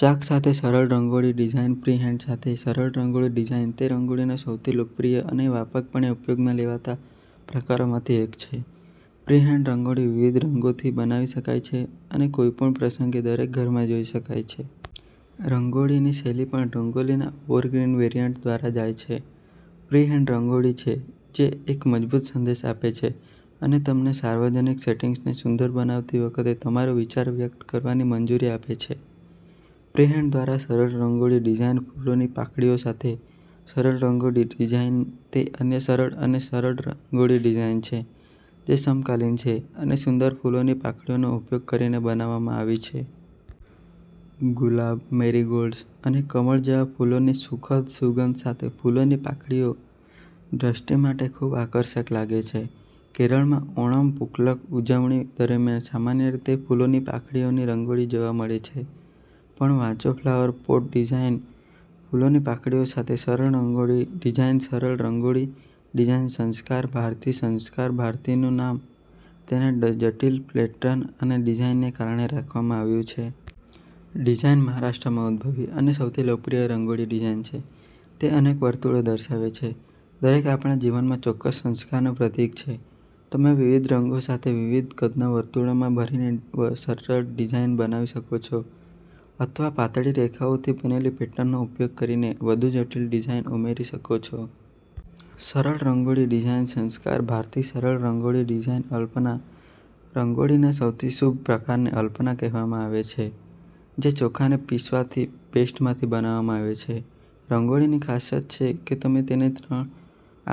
ચાક સાથે સરળ રંગોળી ડિઝાઇનફ્રીહેન્ડ સાથે સરળ રંગોળી ડિઝાઇન તે રંગોળીના સૌથી લોકપ્રિય અને વ્યાપકપણે ઉપયોગમાં લેવાતા પ્રકારોમાંથી એક છે. ફ્રીહેન્ડ રંગોળી વિવિધ રંગોથી બનાવી શકાય છે અને કોઈપણ પ્રસંગે દરેક ઘરમાં જોઈ શકાય છે. રંગોળીની શૈલી પણ 'રંગોલીના એવરગ્રીન વેરિઅન્ટ' દ્વારા જાય છે. ફ્રીહેન્ડરંગોળી છે જે એક મજબૂત સંદેશ આપે છે અને તમને સાર્વજનિક સેટિંગ્સને સુંદર બનાવતી વખતે તમારા વિચારો વ્યક્ત કરવાની મંજૂરી આપે છે. ફ્રીહેન્ડ દ્વારા સરળ રંગોળી ડિઝાઇનફૂલોની પાંખડીઓ સાથે સરળ રંગોળી ડિઝાઇન તે અન્ય સરળ અને સરળ રંગોળી ડિઝાઇન છે, જે સમકાલીન છે અને સુંદર ફૂલોની પાંખડીઓનો ઉપયોગ કરીને બનાવવામાં આવી છે. ગુલાબ, મેરીગોલ્ડ્સ અને કમળ જેવા ફૂલોની સુખદ સુગંધ સાથે ફૂલોની પાંખડીઓ દૃષ્ટિ માટે ખૂબઆકર્ષક લાગે છે. કેરળમાં ઓણમ પૂકલમ ઉજવણી દરમિયાન સામાન્ય રીતે ફૂલોની પાંખડીઓની રંગોળી જોવા મળે છે. પણ વાંચોફ્લાવર પોટ ડિઝાઇન ફૂલોની પાંખડીઓ સાથે સરળ રંગોળી ડિઝાઇનસરળ રંગોળી ડિઝાઇનસંસ્કાર ભારતી સંસ્કાર ભારતીનું નામ તેની જટિલ પેટર્ન અને ડિઝાઇનને કારણે રાખવામાં આવ્યું છે. ડિઝાઈન મહારાષ્ટ્રમાં ઉદ્ભવી અને સૌથી લોકપ્રિય રંગોળી ડિઝાઈન છે. તે અનેક વર્તુળો દર્શાવે છે, દરેક આપણા જીવનમાં ચોક્કસ સંસ્કારનું પ્રતીક છે. તમે વિવિધ રંગો સાથે વિવિધ કદના વર્તુળોમાં ભરીને સરળ ડિઝાઇન બનાવી શકો છો અથવા પાતળી રેખાઓથી બનેલી પેટર્નનો ઉપયોગ કરીને વધુ જટિલ ડિઝાઇન ઉમેરી શકો છો. સરળ રંગોળી ડિઝાઇનસંસ્કાર ભારતીસરળ રંગોળી ડિઝાઇનઅલ્પના રંગોળીના સૌથી શુભ પ્રકારને અલ્પના કહેવામાં આવે છે, જે ચોખાને પીસવાની પેસ્ટમાંથી બનાવવામાં આવે છે. રંગોળીની ખાસિયતછે કે તમે તેને ત્રણ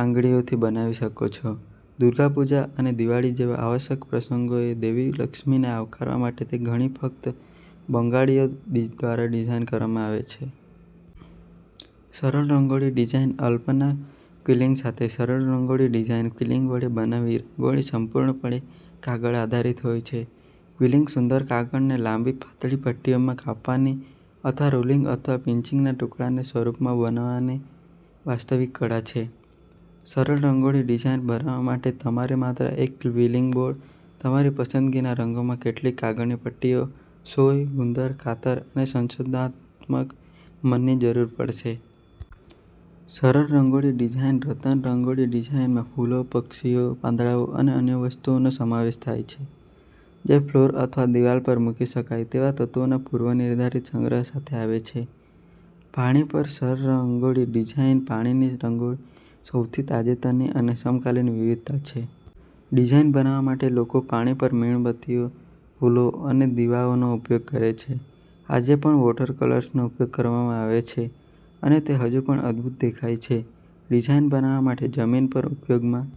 આંગળીઓથી બનાવી શકો છો. દુર્ગા પૂજા અને દિવાળી જેવા આવશ્યક પ્રસંગોએ દેવી લક્ષ્મીને આવકારવા માટે તે ઘણીવાર ફક્ત બંગાળીઓ દ્વારાડિઝાઇન કરવામાં આવે છે. સરળ રંગોળી ડિઝાઇનઅલ્પનાક્વિલિંગ સાથે સરળ રંગોળી ડિઝાઇન ક્વિલિંગ વડે બનાવેલી રંગોળી સંપૂર્ણપણે કાગળ આધારિત હોય છે. ક્વિલિંગસુંદર કાગળને લાંબી, પાતળી પટ્ટીઓમાં કાપવાની અથવા રોલિંગ અને પિન્ચિંગના ટુકડાને સ્વરૂપમાં બનાવવાની વાસ્તવિક કળા છે. સરળ રંગોળી ડિઝાઇન બનાવવા માટે તમારે માત્ર એક ક્વિલિંગ બોર્ડ, તમારી પસંદગીના રંગોમાં કેટલીક કાગળની પટ્ટીઓ, સોય, ગુંદર, કાતર અને સંશોધનાત્મક મનની જરૂર પડશે. સરળ રંગોળી ડિઝાઇનરતનરંગોળી ડિઝાઇનમાં ફૂલો, પક્ષીઓ, પાંદડાઓ અને અન્ય વસ્તુઓનો સમાવેશ થાય છે જે ફ્લોર અથવા દિવાલ પર મૂકી શકાય તેવા તત્વોના પૂર્વનિર્ધારિત સંગ્રહ સાથે આવે છે. પાણી પર સરળ રંગોળી ડિઝાઇન પાણીની રંગોળીસૌથી તાજેતરની અને સમકાલીન વિવિધતા છે. ડિઝાઈન બનાવવા માટે લોકો પાણી પર મીણબત્તીઓ, ફૂલો અને દીવાઓનો ઉપયોગ કરે છે. આજે પણ વોટરકલર્સનો ઉપયોગ કરવામાં આવે છે, અને તે હજુ પણ અદભૂત દેખાય છે. ડિઝાઈન બનાવવા માટે જમીન પર ઉપયોગમાં